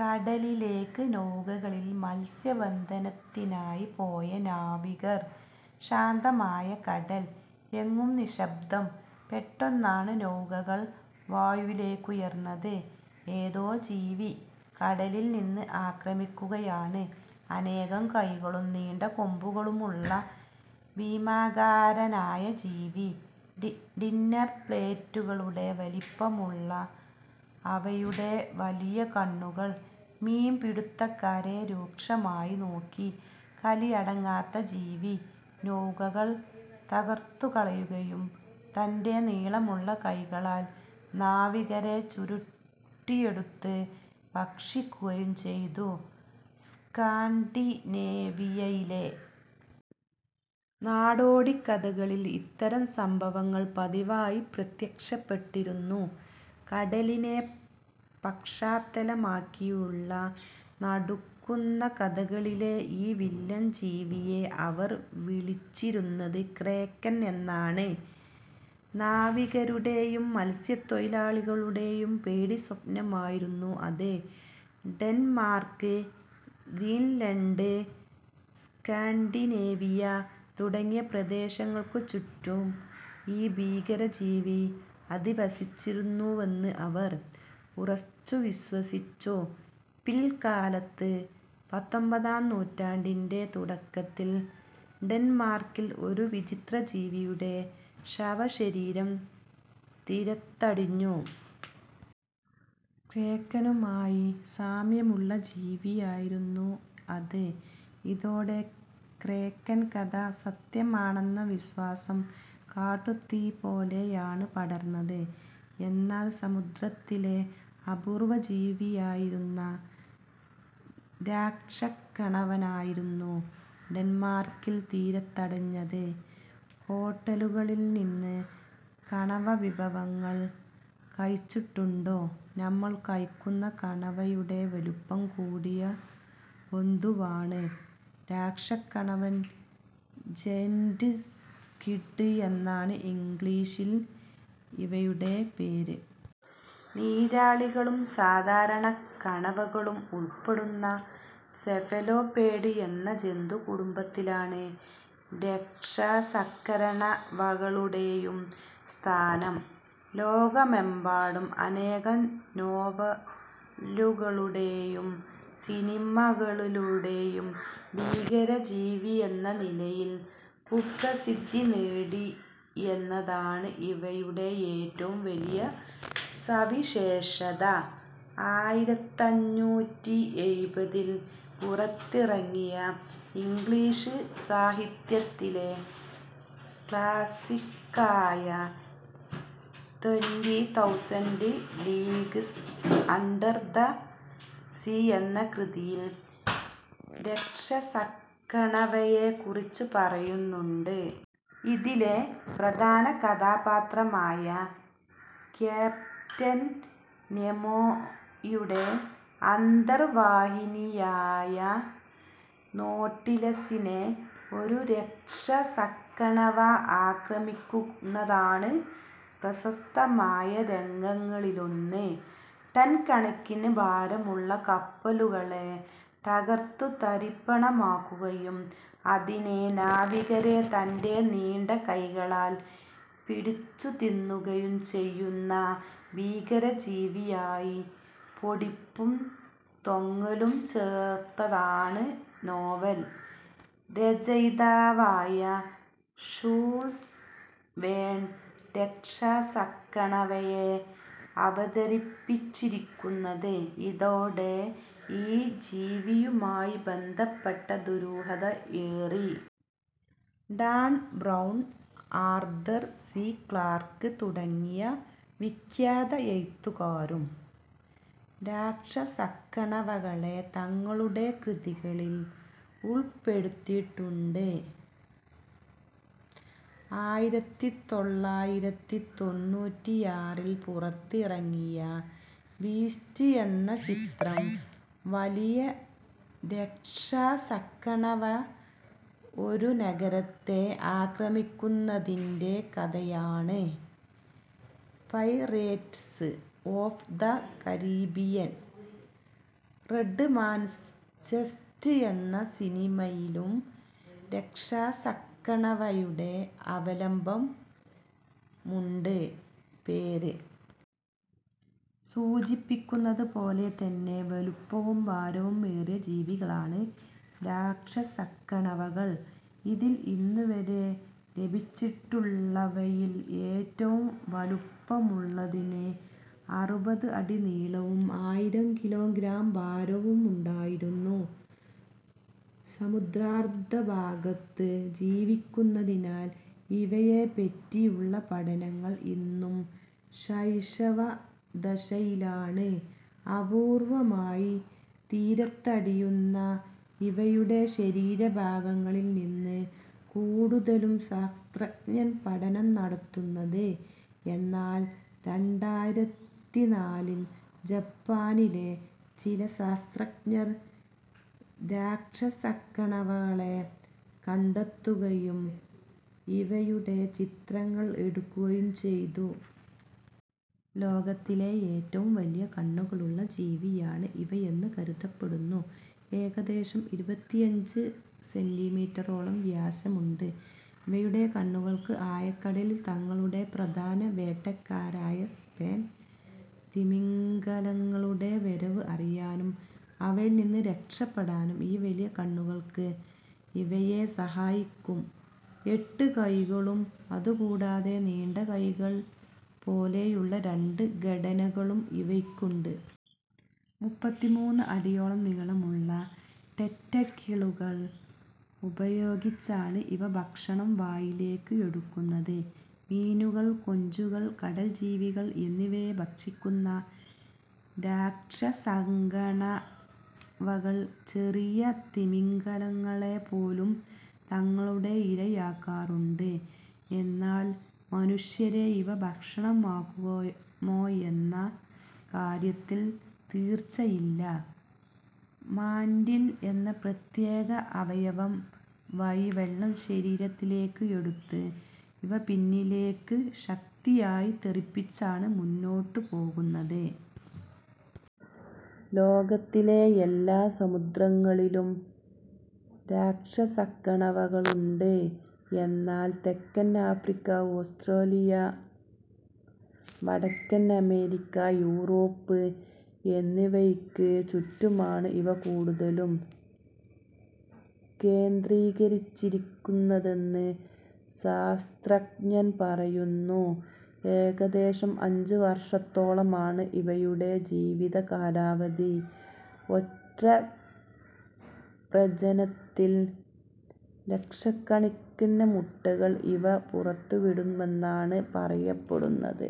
കടലിലേക്ക് നൗകകളിൽ മത്സ്യബന്ധനത്തിനായി പോയ നാവികർ. ശാന്തമായ കടൽ. എങ്ങും നിശ്ശബ്ദം. പെട്ടെന്നാണ് നൗകകൾ വായുവിലേക്കുയർന്നത്. ഏതോ ജീവി കടലിൽനിന്ന് ആക്രമിക്കുകയാണ്. അനേകം കൈകളും നീണ്ട കൊമ്പുകളുമുള്ള ഭീമാകാരനായ ജീവി. ഡിന്നർ പ്ലേറ്റുകളുടെ വലിപ്പമുള്ള അവയുടെ വലിയ കണ്ണുകൾ മീൻപിടിത്തക്കാരെ രൂക്ഷമായി നോക്കി. കലിയടങ്ങാത്ത ജീവി നൗകകൾ തകർത്തുകളയുകയും തന്റെ നീളമുള്ള കൈകളാൽ നാവികരെ ചുരുട്ടിയെടുത്ത് ഭക്ഷിക്കുകയും ചെയ്തു. സ്കാൻഡിനേവിയയിലെ നാടോടിക്കഥകളിൽ ഇത്തരം സംഭവങ്ങൾ പതിവായി പ്രത്യക്ഷപ്പെട്ടിരുന്നു. കടലിനെ പശ്ചാത്തലമാക്കിയുള്ള നടുക്കുന്ന കഥകളിലെ ഈ വില്ലൻ ജീവിയെ അവർ വിളിച്ചിരുന്നത് ക്രേക്കൻ എന്നാണ്. നാവികരുടെയും മത്സ്യത്തൊഴിലാളികളുടെയും പേടിസ്വപ്നമായിരുന്നു അത്. ഡെൻമാർക്ക്, ഗ്രീൻലൻഡ്, സ്കാൻഡിനേവിയ തുടങ്ങിയ പ്രദേശങ്ങൾക്കു ചുറ്റും ഈ ഭീകരജീവി അധിവസിച്ചിരുന്നുവെന്ന് അവർ ഉറച്ചുവിശ്വസിച്ചു. പിൽക്കാലത്ത് പത്തൊൻപതാം നൂറ്റാണ്ടിന്റെ തുടക്കത്തിൽ ഡെൻമാർക്കിൽ ഒരു വിചിത്രജീവിയുടെ ശവശരീരം തീരത്തടിഞ്ഞു. ക്രേക്കനുമായി സാമ്യമുള്ള ജീവിയായിരുന്നു അത്. ഇതോടെ ക്രേക്കൻ കഥ സത്യമാണെന്ന വിശ്വാസം കാട്ടുതീ പോലെയാണ് പടർന്നത്. എന്നാൽ സമുദ്രത്തിലെ അപൂർവജീവിയായിരുന്ന രാക്ഷസക്കണവയായിരുന്നു ഡെൻമാർക്കിൽ തീരത്തടിഞ്ഞത്. ഹോട്ടലുകളിൽനിന്ന് കണവ വിഭവങ്ങൾ കഴിച്ചിട്ടുണ്ടോ. നമ്മൾ കഴിക്കുന്ന കണവയുടെ വലുപ്പം കൂടിയ ബന്ധുവാണ് രാക്ഷസക്കണവ. ജയന്റ് സ്ക്വിഡ് എന്നാണ് ഇംഗ്ലീഷിൽ ഇവയുടെ പേര്. നീരാളികളും സാധാരണ കണവകളും ഉൾപ്പെടുന്ന സെഫലോപോഡ് എന്ന ജന്തുകുടുംബത്തിലാണ് രാക്ഷസക്കണവകളുടെയും സ്ഥാനം. ലോകമെമ്പാടും അനേകം നോവലുകളിലൂടെയും സിനിമകളിലൂടെയും ഭീകരജീവിയെന്ന നിലയിൽ കുപ്രസിദ്ധി നേടിയെന്നതാണ് ഇവയുടെ ഏറ്റവും വലിയ സവിശേഷത. ആയിരത്തെണ്ണൂറ്റി എഴുപതിൽ പുറത്തിറങ്ങിയ ഇംഗ്ലീഷ് സാഹിത്യത്തിലെ ക്ലാസിക്കായ Twenty Thousand Leagues Under the Sea എന്ന കൃതിയിൽ രാക്ഷസക്കണവയെക്കുറിച്ച് പറയുന്നുണ്ട്. ഇതിലെ പ്രധാന കഥാപാത്രമായ ക്യാപ്റ്റൻ നെമോയുടെ അന്തർവാഹിനിയായ നോട്ടിലസിനെ ഒരു രാക്ഷസക്കണവ ആക്രമിക്കുന്നതാണ് പ്രശസ്തമായ രംഗങ്ങളിലൊന്ന്. ടൺകണക്കിന് ഭാരമുള്ള കപ്പലുകളെ തകർത്തുതരിപ്പണമാക്കുകയും അതിലെ നാവികരെ തന്റെ നീണ്ട കൈകളാൽ പിടിച്ചുതിന്നുകയും ചെയ്യുന്ന ഭീകരജീവിയായി പൊടിപ്പും തൊങ്ങലും ചേർത്താണ് നോവൽ രചയിതാവായ ഷൂൾസ് വേൺ രാക്ഷസക്കണവയെ അവതരിപ്പിച്ചിരിക്കുന്നത്. ഇതോടെ ഈ ജീവിയുമായി ബന്ധപ്പെട്ട ദുരൂഹത ഏറി. Dan Brown, Arthur C Clarke തുടങ്ങിയ വിഖ്യാത എഴുത്തുകാരും രാക്ഷസക്കണവകളെ തങ്ങളുടെ കൃതികളിൽ ഉൾപ്പെടുത്തിയിട്ടുണ്ട്. ആയിരത്തിത്തൊള്ളായിരത്തി തൊണ്ണൂറ്റിയാറിൽ പുറത്തിറങ്ങിയ ബീസ്റ്റ് എന്ന ചിത്രം വലിയ രാക്ഷസക്കണവ ഒരു നഗരത്തെ ആക്രമിക്കുന്നതിന്റെ കഥയാണ്. Pirates of the Caribbean Dead Man's Chest എന്ന സിനിമയിലും രാക്ഷസക്കണവയുടെ അവലംബമുണ്ട്. പേര് സൂചിപ്പിക്കുന്നതുപോലെ തന്നെ വലുപ്പവും ഭാരവും ഏറിയ ജീവികളാണ് രാക്ഷസക്കണവകൾ. ഇതിൽ ഇന്നുവരെ ലഭിച്ചിട്ടുള്ളവയിൽ ഏറ്റവും വലുപ്പമുള്ളതിന് അറുപത് അടി നീളവും ആയിരം കിലോഗ്രാം ഭാരവുമുണ്ടായിരുന്നു. സമുദ്രാന്തർഭാഗത്ത് ജീവിക്കുന്നതിനാൽ ഇവയെപ്പറ്റിയുള്ള പഠനങ്ങൾ ഇന്നും ശൈശവദശയിലാണ്. അപൂർവമായി തീരത്തടിയുന്ന ഇവയുടെ ശവശരീരങ്ങളിൽനിന്നാണ് കൂടുതലും ശാസ്ത്രജ്ഞർ പഠനം നടത്തുന്നത്. എന്നാൽ രണ്ടായിരത്തിനാലിൽ ജപ്പാനിലെ ചില ശാസ്ത്രജ്ഞർ രാക്ഷസക്കണവകളെ കണ്ടെത്തുകയും ഇവയുടെ ചിത്രങ്ങൾ എടുക്കുകയും ചെയ്തു. ലോകത്തിലെ ഏറ്റവും വലിയ കണ്ണുകളുള്ള ജീവിയാണ് ഇവയെന്ന് കരുതപ്പെടുന്നു. ഏകദേശം ഇരുപത്തിയഞ്ച് സെന്റിമീറ്ററോളം വ്യാസമുണ്ട് ഇവയുടെ കണ്ണുകൾക്ക്. ആഴക്കടലിൽ തങ്ങളുടെ പ്രധാന വേട്ടക്കാരായ സ്പേം തിമിംഗലങ്ങളുടെ വരവ് അറിയാനും അവയിൽനിന്ന് രക്ഷപ്പെടാനും ഈ വലിയ കണ്ണുകൾ ഇവയെ സഹായിക്കും. എട്ട് കൈകളും അതുകൂടാതെ നീണ്ട കൈകൾ പോലെയുള്ള രണ്ട് ഘടനകളും ഇവയ്ക്കുണ്ട്. മുപ്പത്തിമൂന്ന് അടിയോളം നീളമുള്ള ടെന്റക്കിളുകൾ ഉപയോഗിച്ചാണ് ഇവ ഭക്ഷണം വായിലേക്ക് എടുക്കുന്നത്. മീനുകൾ, കൊഞ്ചുകൾ, കടൽജീവികൾ എന്നിവയെ ഭക്ഷിക്കുന്ന രാക്ഷസക്കണവകൾ ചെറിയ തിമിംഗലങ്ങളെപ്പോലും തങ്ങളുടെ ഇരയാക്കാറുണ്ട്. എന്നാൽ മനുഷ്യരെ ഇവ ഭക്ഷണമാക്കുമോയെന്ന കാര്യത്തിൽ തീർച്ചയില്ല. മാന്റിൽ എന്ന പ്രത്യേക അവയവം വഴി വെള്ളം ശരീരത്തിലേക്ക് എടുത്ത് ഇവ പിന്നിലേക്ക് ശക്തിയായി തെറിപ്പിച്ചാണ് മുന്നോട്ടുപോകുന്നത്. ലോകത്തുള്ള എല്ലാ സമുദ്രങ്ങളിലും രാക്ഷസക്കണവകളുണ്ട്. എന്നാൽ തെക്കൻ ആഫ്രിക്ക, ഓസ്ട്രേലിയ, വടക്കൻ അമേരിക്ക, യൂറോപ്പ് എന്നിവയ്ക്കു ചുറ്റുമാണ് ഇവ കൂടുതലും കേന്ദ്രീകരിച്ചിരിക്കുന്നതെന്ന് ശാസ്ത്രജ്ഞർ പറയുന്നു. ഏകദേശം അഞ്ച് വർഷത്തോളമാണ് ഇവയുടെ ജീവിതകാലാവധി. ഒറ്റ പ്രജനനത്തിൽ ലക്ഷക്കണക്കിന് മുട്ടകൾ ഇവ പുറത്തുവിടുമെന്നാണ് പറയപ്പെടുന്നത്.